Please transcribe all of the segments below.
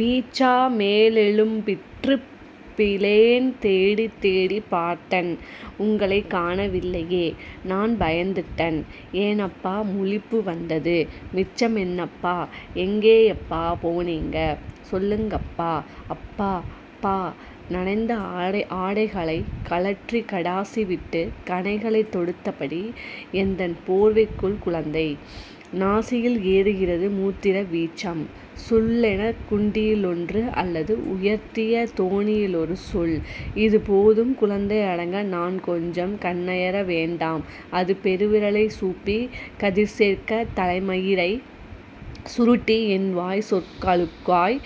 வீச்சா மேலெழும்பிற்று பிளேன் தேடித் தேடிப் பார்த்தன் உங்களைக் காணவில்லையே நான் பயந்திட்டன் ஏனப்பா முழிப்பு வந்தது மிச்சமென்னப்பா எங்கேயப்பா போனனீங்க சொல்லுங்கப்பா... அப்பா... பா... நனைந்த ஆடைகளைக் கழற்றிக் கடாசிவிட்டு கணைகளைத் தொடுத்தபடி எந்தன் போர்வையுள் குழந்தை. நாசியில் ஏறுகிறது மூத்திர வீச்சம் சுள்ளென குண்டியிலொன்று அல்லது உயர்த்திய தொனியிலொரு சொல் இது போதும் குழந்தை அடங்க நான் கொஞ்சம் கண்ணயர வேண்டாம் அது பெருவிரலைச் சூப்பி கதிர்சேர்க்க தலைமயிரைச் சுருட்டி என் வாய்ச்சொற்களுக்காய்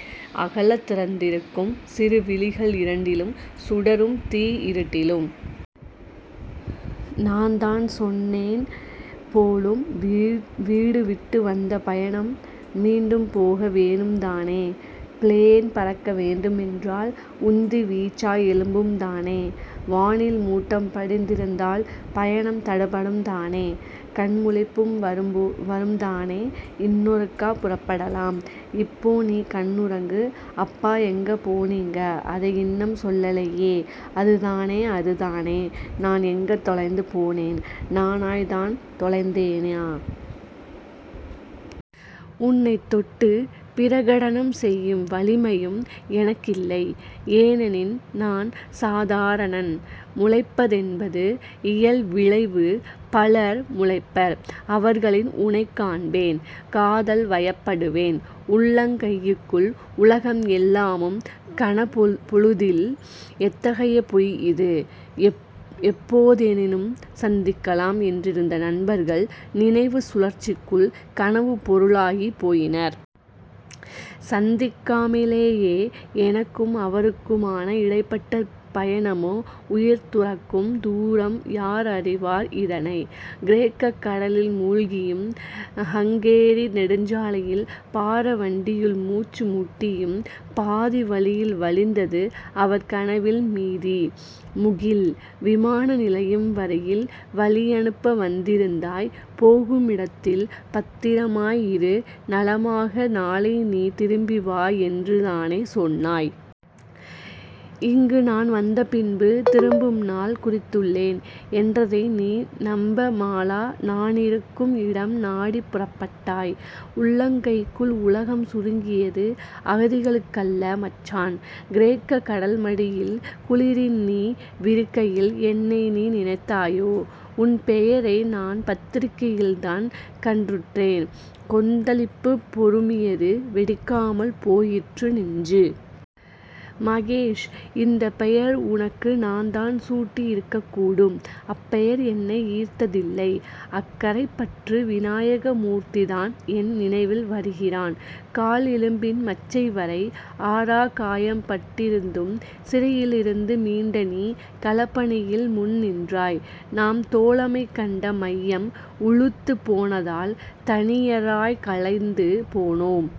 அகலத் திறந்திருக்கும் சிறு விழிகள் இரண்டிலும் சுடரும் தீ இருட்டிலும்.... நான்தான் சொன்னேன் போலும் வீடுவிட்டு வந்த பயணம் மீண்டும் போக வேணும்தானே பிளேன் பறக்க வேண்டுமென்றால் உந்தி வீச்சா எழும்பும்தானே வானில் மூட்டம் படிந்திருந்தால் பயணம் தடைப்படும்தானே கண்முழிப்பும் வரும்தானே இன்னொருக்கா புறப்படலாம் இப்போ நீ கண்ணுறங்கு. அப்பா எங்க போனீங்க அதை இன்னும் சொல்லலையே அதுதானே அதுதானே நான் எங்க தொலைந்து போனேன் நானாய்த் தான் தொலைந்தேனா? உனைத் தொட்டு பிரகடனம் செய்யும் வலிமையும் எனக்கில்லை ஏனெனில் நான் சாதாரணன் முளைப்பதென்பது இயல்விளைவு பலர் முளைப்பர் அவர்களில் உனைக்காண்பேன் காதல்வயப்படுவேன். உள்ளங் கைக்குள் உலகம் எல்லாமும் கணப்பொழுதில் எத்தகைய பொய் இது. எப்போதேனும் சந்திக்கலாம் என்றிருந்த நண்பர்கள் நினைவுச் சுழற்சிக்குள் கனவுப் பொருளாகிப் போயினர். சந்திக்காமலேயே எனக்கும் அவர்க்குமான இடைப்பட்ட பயணமோ உயிர் துறக்கும் தூரம் யார் அறிவார் இதனை? கிரேக்கக் கடலில் மூழ்கியும், ஹங்கேரி நெடுஞ்சாலையில் பாரவண்டியுள் மூச்சு முட்டியும், பாதிவழியில் வழிந்தது அவர் கனவின் மீதி...! முகில்! விமான நிலையம் வரையில் வழியனுப்ப வந்திருந்தாய் போகுமிடத்தில் பத்திரமாய் இரு நலமாக நாளை நீ திரும்பி வா" என்றுதானே சொன்னாய். இங்கு நான் வந்த பின்பு திரும்பும் நாள் குறித்துள்ளேன் என்றதை நீ நம்பாமலா நானிருக்கும் இடம் நாடிப் புறப்பட்டாய்? உள்ளங்கைக்குள் உலகம் சுருங்கியது அகதிகளுக்கல்ல மச்சான்! கிரேக்க கடல் மடியில் குளிரில் நீ விறைக்கையில் என்னை நீ நினைத்தாயோ! உன் பெயரை நான் பத்திரிகையில்தான் கண்ணுற்றேன் கொப்பளித்து பொருமியது, வெடிக்காமல் போயிற்று நெஞ்சு! மகேஷ்! இந்தப் பெயர் உனக்கு நான்தான் சூட்டியிருக்கக்கூடும் அப்பெயர் என்னை ஈர்த்ததில்லை அக்கரைப்பற்று வினாயகமூர்த்திதான் என் நினைவில் வருகிறான். கால் எலும்பின் மச்சைவரை। ஆறாக்காயம் பட்டிருந்தும் சிறையிருந்து மீண்ட நீ களப்பணியில் முன்நின்றாய். நாம் தோழமை கண்ட மையம் உளுத்துப்போனதால் தனியராய் கலைந்து போனோம்.